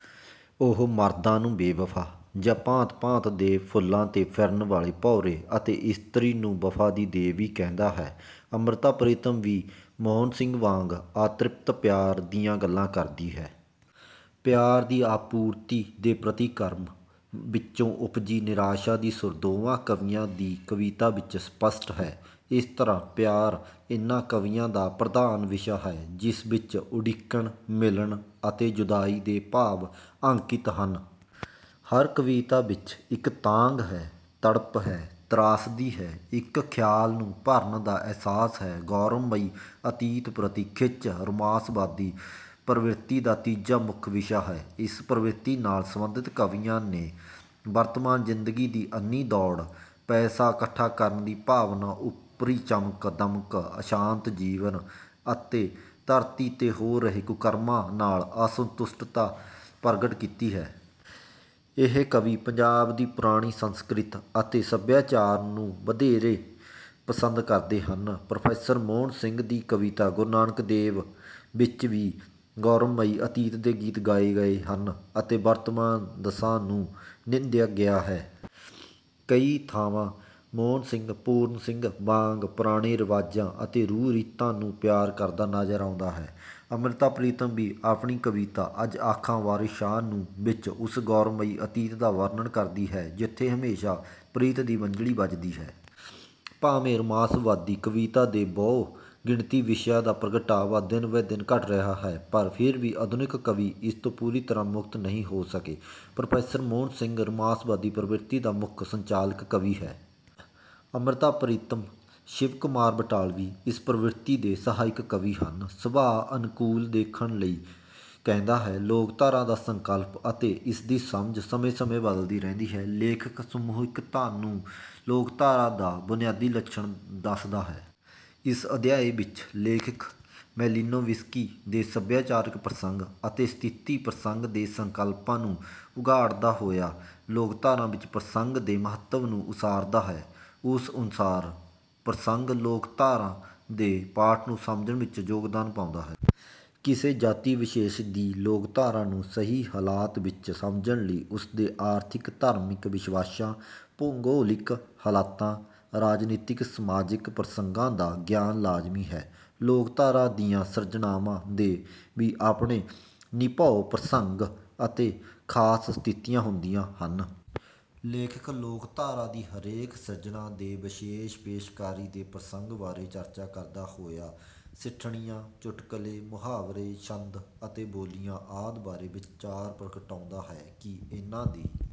ਉਹ ਮਰਦਾਂ ਨੂੰ ਬੇਵਫਾ ਜਾਂ ਭਾਂਤ ਭਾਂਤ ਦੇ ਫੁੱਲਾਂ ਤੇ ਫਿਰਨ ਵਾਲੇ ਭੌਰੇ ਅਤੇ ਇਸਤਰੀ ਨੂੰ ਵਫਾ ਦੀ ਦੇਵੀ ਕਹਿੰਦਾ ਹੈ। ਅਮ੍ਰਿਤਾ ਪ੍ਰੀਤਮ ਵੀ ਮੋਹਨ ਸਿੰਘ ਵਾਂਗ ਅਤ੍ਰਿਪਤ ਪਿਆਰ ਦੀਆਂ ਗੱਲਾਂ ਕਰਦੀ ਹੈ। ਪਿਆਰ ਦੀ ਅਪੂਰਤੀ ਦੇ ਪ੍ਰਤੀਕਰਮ ਵਿੱਚੋਂ ਉਪਜੀ ਨਿਰਾਸ਼ਾ ਦੀ ਸੁਰ ਦੋਹਾਂ ਕਵੀਆਂ ਦੀ ਕਵਿਤਾ ਵਿੱਚ ਸਪੱਸ਼ਟ ਹੈ। ਇਸ ਤਰ੍ਹਾਂ ਪਿਆਰ ਇਹਨਾਂ ਕਵੀਆਂ ਦਾ ਪ੍ਰਧਾਨ ਵਿਸ਼ਾ ਹੈ ਜਿਸ ਵਿੱਚ ਉਡੀਕਣ ਮਿਲਣ ਅਤੇ ਜੁਦਾਈ ਦੇ ਭਾਵ ਅੰਕਿਤ ਹਨ। ਹਰ ਕਵਿਤਾ ਵਿੱਚ ਇੱਕ ਤਾਂਘ ਹੈ ਤੜਪ ਹੈ ਤ੍ਰਾਸਦੀ ਹੈ। ਇੱਕ ਖਲਾਅ ਨੂੰ ਭਰਨ ਦਾ ਅਹਿਸਾਸ ਹੈ। ਗੌਰਵਮਈ ਅਤੀਤ ਪ੍ਰਤੀ ਖਿੱਚ ਰੁਮਾਂਸਵਾਦੀ ਪ੍ਰਵਿਰਤੀ ਦਾ ਤੀਜਾ ਮੁੱਖ ਵਿਸ਼ਾ ਹੈ। ਇਸ ਪ੍ਰਵਿਰਤੀ ਨਾਲ ਸਬੰਧਿਤ ਕਵੀਆਂ ਨੇ ਵਰਤਮਾਨ ਜਿੰਦਗੀ ਦੀ ਅੰਨ੍ਹੀ ਦੌੜ ਪੈਸਾ ਇਕੱਠਾ ਕਰਨ ਦੀ ਭਾਵਨਾ ਉੱਪਰੀ ਚਮਕ ਦਮਕ ਅਸ਼ਾਂਤ ਜੀਵਨ ਅਤੇ ਧਰਤੀ ਤੇ ਹੋ ਰਹੇ ਕੁਕਰਮਾਂ ਨਾਲ ਅਸੰਤੁਸ਼ਟਤਾ ਪ੍ਰਗਟ ਕੀਤੀ ਹੈ। ਇਹ ਕਵੀ ਪੰਜਾਬ ਦੀ ਪੁਰਾਣੀ ਸੰਸਕ੍ਰਿਤ ਅਤੇ ਸੱਭਿਆਚਾਰ ਨੂੰ ਵਧੇਰੇ ਪਸੰਦ ਕਰਦੇ ਹਨ। ਪ੍ਰੋ ਮੋਹਨ ਸਿੰਘ ਦੀ ਕਵਿਤਾ ਗੁਰੂ ਨਾਨਕ ਦੇਵ ਵਿੱਚ ਵੀ ਗੌਰਵਮਈ ਅਤੀਤ ਦੇ ਗੀਤ ਗਾਏ ਹਨ ਅਤੇ ਵਰਤਮਾਨ ਦਸ਼ਾ ਨੂੰ ਨਿੰਦਾ ਗਿਆ ਹੈ। ਕਈ ਥਾਂ ਮੋਹਨ ਸਿੰਘ ਪੂਰਨ ਸਿੰਘ ਵਾਂਗ ਪੁਰਾਣੇ ਰਿਵਾਜਾਂ ਅਤੇ ਰਹੁ ਰੀਤਾਂ ਨੂੰ ਪਿਆਰ ਕਰਦਾ ਨਜ਼ਰ ਆਉਂਦਾ ਹੈ। ਅਮ੍ਰਿਤਾ ਪ੍ਰੀਤਮ ਵੀ ਆਪਣੀ ਕਵਿਤਾ ਅੱਜ ਆਖਾਂ ਵਾਰਿਸ ਸ਼ਾਹ ਨੂੰ ਵਿੱਚ ਉਸ ਗੌਰਵਮਈ ਅਤੀਤ ਦਾ ਵਰਣਨ ਕਰਦੀ ਹੈ ਜਿੱਥੇ ਹਮੇਸ਼ਾ ਪ੍ਰੀਤ ਦੀ ਵੰਝਲੀ ਵੱਜਦੀ ਹੈ। ਭਾਵੇਂ ਰੁਮਾਂਸਵਾਦੀ ਕਵਿਤਾ ਦੇ ਬਹੁ ਗਿਣਤੀ ਵਿਸ਼ਿਆਂ ਦਾ ਪ੍ਰਗਟਾਵਾ ਦਿਨ ਬ ਦਿਨ ਘੱਟ ਰਿਹਾ ਹੈ ਪਰ ਫਿਰ ਵੀ ਆਧੁਨਿਕ ਕਵੀ ਇਸ ਤੋਂ ਪੂਰੀ ਤਰ੍ਹਾਂ ਮੁਕਤ ਨਹੀਂ ਹੋ ਸਕੇ। ਪ੍ਰੋ ਮੋਹਨ ਸਿੰਘ ਰੁਮਾਂਸਵਾਦੀ ਪ੍ਰਵਿਰਤੀ ਦਾ ਮੁੱਖ ਸੰਚਾਲਕ ਕਵੀ ਹੈ। ਅਮ੍ਰਿਤਾ ਪ੍ਰੀਤਮ ਸ਼ਿਵ ਕੁਮਾਰ ਬਟਾਲਵੀ ਇਸ ਪ੍ਰਵਿਰਤੀ ਦੇ ਸਹਾਇਕ ਕਵੀ ਹਨ। ਸੁਭਾਅ ਅਨੁਕੂਲ ਦੇਖਣ ਲਈ ਕਹਿੰਦਾ ਹੈ। ਲੋਕਧਾਰਾ ਦਾ ਸੰਕਲਪ ਅਤੇ ਇਸਦੀ ਸਮਝ ਸਮੇਂ ਸਮੇਂ ਬਦਲਦੀ ਆਈ ਹੈ। ਲੇਖਕ ਸਮੂਹਿਕਤਾ ਨੂੰ ਲੋਕਧਾਰਾ ਦਾ ਬੁਨਿਆਦੀ ਲੱਛਣ ਦੱਸਦਾ ਹੈ। ਇਸ ਅਧਿਆਇ ਵਿੱਚ ਲੇਖਕ ਮੈਲੀਨੋਵਿਸਕੀ ਦੇ ਸਭਿਆਚਾਰਕ ਪ੍ਰਸੰਗ ਅਤੇ ਸਥਿਤੀ ਪ੍ਰਸੰਗ ਦੇ ਸੰਕਲਪਾਂ ਨੂੰ ਉਘਾੜਦਾ ਹੋਇਆ ਲੋਕਧਾਰਾ ਵਿੱਚ ਪ੍ਰਸੰਗ ਦੇ ਮਹੱਤਵ ਨੂੰ ਉਸਾਰਦਾ ਹੈ। ਉਸ ਅਨੁਸਾਰ ਪ੍ਰਸੰਗ ਲੋਕਧਾਰਾ ਦੇ ਪਾਠ ਨੂੰ ਸਮਝਣ ਵਿੱਚ ਯੋਗਦਾਨ ਪਾਉਂਦਾ ਹੈ। ਕਿਸੇ ਜਾਤੀ ਵਿਸ਼ੇਸ਼ ਦੀ ਲੋਕਧਾਰਾ ਨੂੰ ਸਹੀ ਹਾਲਤ ਵਿੱਚ ਸਮਝਣ ਲਈ ਉਸ ਦੇ ਆਰਥਿਕ ਧਾਰਮਿਕ ਵਿਸ਼ਵਾਸਾਂ ਭੂਗੋਲਿਕ ਹਾਲਤਾਂ ਅਤੇ ਰਾਜਨੀਤਕ ਸਮਾਜਕ ਪ੍ਰਸੰਗਾਂ ਦਾ ਗਿਆਨ ਲਾਜ਼ਮੀ ਹੈ। ਲੋਕਧਾਰਾ ਦੀਆਂ ਸਿਰਜਣਾਵਾਂ ਦੇ ਵੀ ਆਪਣੇ ਨਿਭਾਉ ਪ੍ਰਸੰਗ ਅਤੇ ਖਾਸ ਸਥਿਤੀਆਂ ਹੁੰਦੀਆਂ ਹਨ। ਲੇਖਕ ਲੋਕਧਾਰਾ ਦੀ ਹਰੇਕ ਸਿਰਜਣਾ ਦੇ ਵਿਸ਼ੇਸ਼ ਪੇਸ਼ਕਾਰੀ ਦੇ ਪ੍ਰਸੰਗ ਬਾਰੇ ਚਰਚਾ ਕਰਦਾ ਹੋਇਆ ਸਿੱਠਣੀਆਂ ਚੁਟਕੁਲੇ ਮੁਹਾਵਰੇ ਛੰਦ ਅਤੇ ਬੋਲੀਆਂ ਆਦਿ ਬਾਰੇ ਵਿਚਾਰ ਪ੍ਰਗਟਾਉਂਦਾ ਹੈ ਕਿ ਇਨ੍ਹਾਂ ਦੀ